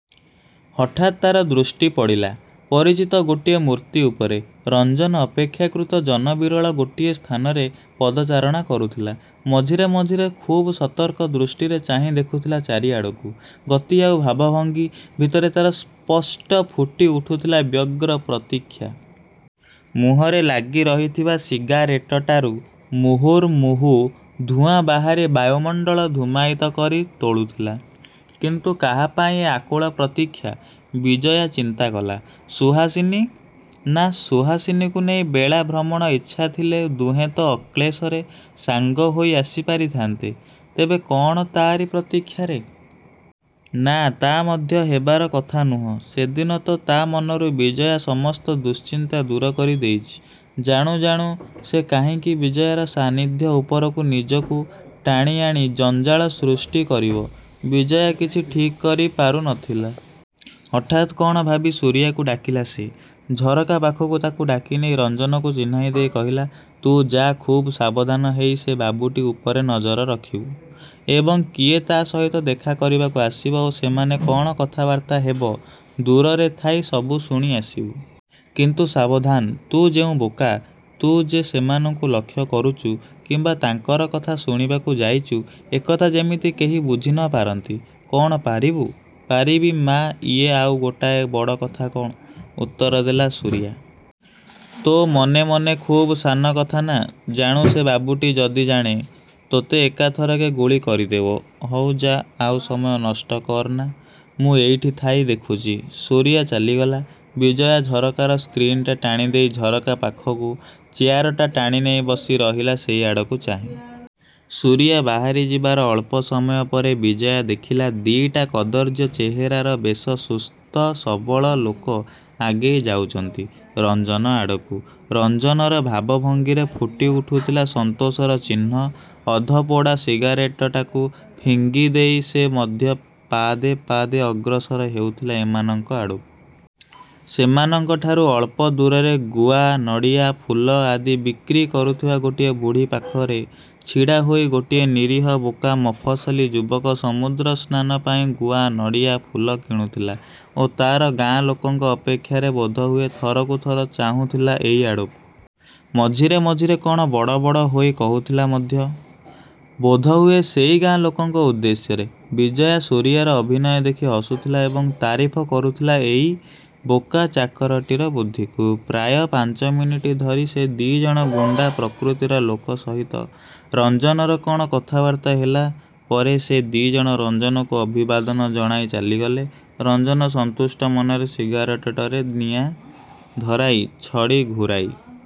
ହଠାତ୍ ତା'ର ଦୃଷ୍ଟି ପଡ଼ିଲା, ପରିଚିତ ଗୋଟିଏ ମୂର୍ତ୍ତି ଉପରେ। ରଞ୍ଜନ ଅପେକ୍ଷାକୃତ ଜନ ବିରଳ ଗୋଟିଏ ସ୍ଥାନରେ ପଦ ଚାରଣା କରୁଥିଲା। ମଝିରେ ମଝିରେ ଖୁବ୍ ସତର୍କ ଦୃଷ୍ଟିରେ ଚାହିଁ ଦେଖୁଥିଲା ଚାରିଆଡ଼କୁ। ଗତି ଆଉ ଭାବଭଙ୍ଗି ଭିତରେ ତା'ର ସ୍ପଷ୍ଟ ଫୁଟି ଉଠୁଥିଲା ବ୍ୟଗ୍ର ପ୍ରତୀକ୍ଷା-। ମୁହଁରେ ଲାଗି ରହିଥିବା ସିଗାରେଟଟାରୁ ମୁହୁର୍ମୁହୁଃ ଧୂଆଁ ବାହାରି ବାୟୁମଣ୍ତଳ ଧୂମାୟିତ କରି ତୋଳୁଥିଲା। କିନ୍ତୁ କାହାପାଇଁ ଏ ଆକୁଳ ପ୍ରତୀକ୍ଷା? ବିଜୟା ଚିନ୍ତା କଲା। ସୁହାସିନୀ-? ନା ସୁହାସିନୀକୁ ନେଇ ବେଳା ଭ୍ରମଣ ଇଚ୍ଛାଥିଲେ ଦୁହେଁତ ଅକ୍ଳେଶରେ ସାଙ୍ଗ ହୋଇ ଆସି ପାରିଥାନ୍ତେ। ତେବେ କ'ଣ ତା'ରି ପ୍ରତୀକ୍ଷାରେ? ନା ତା' ମଧ୍ୟ ହେବାର କଥା ନୁହଁ। ସେଦିନ ତ ତା'ମନରୁ ବିଜୟା ସମସ୍ତ ଦୁଃଶ୍ଚିନ୍ତା ଦୂରକରି ଦେଇଚି। ଜାଣୁ ଜାଣୁ ସେ କାହିଁକି ବିଜୟାର ସାନିଧ୍ୟ ଉପରକୁ ନିଜକୁ ଟାଣି ଆଣି ଜଞ୍ଜାଳ ସୃଷ୍ଟି କରିବ। ବିଜୟା କିଛି ଠିକ୍ କରି ପାରୁ ନ ଥିଲା। ହଠାତ୍ କ'ଣ ଭାବି ସୁରିଆକୁ ଡାକିଲା ସେ। ଝରକା ପାଖକୁ ତା'କୁ ଡାକି ନେଇ ରଞ୍ଜନକୁ ଚିହ୍ନାଇ ଦେଇ କହିଲା— "ତୁ ଯା, ଖୁବ୍ ସାବଧାନ ହେଇ ସେ ବାବୁଟି ଉପରେ ନଜର ରଖିବୁ। ଏବଂ କିଏ ତା' ସହିତ ଦେଖା କରିବାକୁ ଆସିବ ଓ ସେମାନେ କ'ଣ କଥାବାର୍ତ୍ତା ହେବ, ଦୂରରେ ଥାଇ ସବୁ ଶୁଣି ଆସିବୁ। କିନ୍ତୁ ସାବଧାନ, ତୁ ଯେଉଁ ବୋକା, ତୁ ଯେ ସେମାନଙ୍କୁ ଲକ୍ଷ୍ୟ କରୁଚୁ, କିମ୍ଵା ତାଙ୍କର କଥା ଶୁଣିବାକୁ ଯାଇଚୁ, ଏକଥା ଯେମିତି କେହି ବୁଝି ନ ପାରନ୍ତି। କ'ଣ ପାରିବୁ? '' "ପାରିବି ମା, ଇଏ ଆଉ ଗୋଟାଏ ବଡ଼ କଥା କ'ଣ? '' ଉତ୍ତର ଦେଲା ସୁରିଆ। "ତୋ ମନେ ମନେ ଖୁବ୍ ସାନ କଥା ନା? ଜାଣୁ,—ସେ ବାବୁଟି ଯଦି ଜାଣେ, ତୋତେ ଏକାଥରକେ ଗୁଳି କରିଦେବ। ହଉ ଯା, ଆଉ ସମୟ ନଷ୍ଟ କର ନା, ମୁଁ ଏଇଠି ଥାଇ ଦେଖୁଚି। '' ସୁରିଆ ଚାଲିଗଲା। ବିଜୟା ଝରକାର ସ୍କ୍ରିନଟା ଟାଣିଦେଇ ଝରକା ପାଖକୁ ଚେୟାରଟା ଟାଣି ନେଇ ବସି ରହିଲା ସେଇଆଡ଼କୁ ଚାହିଁ। ସୁରିଆ ବାହାରି ଯିବାର ଅଳ୍ପସମୟ ପରେ ବିଜୟା ଦେଖିଲା ଦି'ଟା କଦର୍ଯ୍ୟ ଚେହେରାର ବେଶ ସୁସ୍ଥ ସବଳ ଲୋକ ଆଗେଇ ଯାଉଚନ୍ତି ରଞ୍ଜନ ଆଡ଼କୁ। ରଞ୍ଜନର ଭାବଭଙ୍ଗିରେ ଫୁଟି ଉଠୁଥିଲା ସନ୍ତୋଷର ଚିହ୍ନ। ଅଧପୋଡ଼ା ସିଗାରେଟଟାକୁ ଫିଙ୍ଗି ଦେଇ ସେ ମଧ୍ୟ ପାଦେ ପାଦେ ଅଗ୍ରସର ହେଉଥିଲା ଏମାନଙ୍କ ଆଡ଼କୁ। ସେମାନଙ୍କଠାରୁ ଅଳ୍ପ ଦୂରରେ ଗୁଆ, ନଡ଼ିଆ, ଫୁଲ ଆଦି ବିକ୍ରି କରୁଥିବା ଗୋଟିଏ ବୁଢ଼ୀ ପାଖରେ ଛିଡ଼ା ହୋଇ ଗୋଟିଏ ନିରୀହ ବୋକା ମଫସଲି ଯୁବକ ସମୁଦ୍ରସ୍ନାନ ପାଇଁ ଗୁଆ, ନଡ଼ିଆ, ଫୁଲ କିଣୁଥିଲା ଓ ତା'ର ଗାଁ ଲୋକଙ୍କ—ଅପେକ୍ଷାରେ ବୋଧହୁଏ ଥରକୁ ଥର ଚାହୁଁ ଥିଲା ଏଇ ଆଡ଼କୁ। ମଝିରେ ମଝିରେ କ'ଣ ବଡ଼ ବଡ଼ ହୋଇ କହୁଥିଲା ମଧ୍ୟ। ବୋଧହୁଏ ସେଇ ଗାଁ ଲୋକଙ୍କ ଉଦ୍ଦେଶ୍ୟରେ। ବିଜୟା ସୁରିଆର ଅଭିନୟ ଦେଖି ହସୁଥିଲା ଏବଂ ତାରିଫ କରୁଥିଲା ଏଇ ବୋକା ଚାକରଟିର ବୁଦ୍ଧିକୁ। ପ୍ରାୟ ପାଞ୍ଚମିନିଟି ଧରି ସେ ଦି'ଜଣ ଗୁଣ୍ତା ପ୍ରକୃତିର ଲୋକ ସହିତ ରଞ୍ଜନର କ'ଣ କଥାବାର୍ତ୍ତା ହେଲା ପରେ ସେ ଦି'ଜଣ ରଞ୍ଜନକୁ ଅଭିବାଦନ ଜଣାଇ ଚାଲିଗଲେ। ରଞ୍ଜନ ସନ୍ତୁଷ୍ଟ ମନରେ ସିଗାରେଟରେ ନିଆଁ ଧରାଇ, ଛଡ଼ି ଘୂରାଇ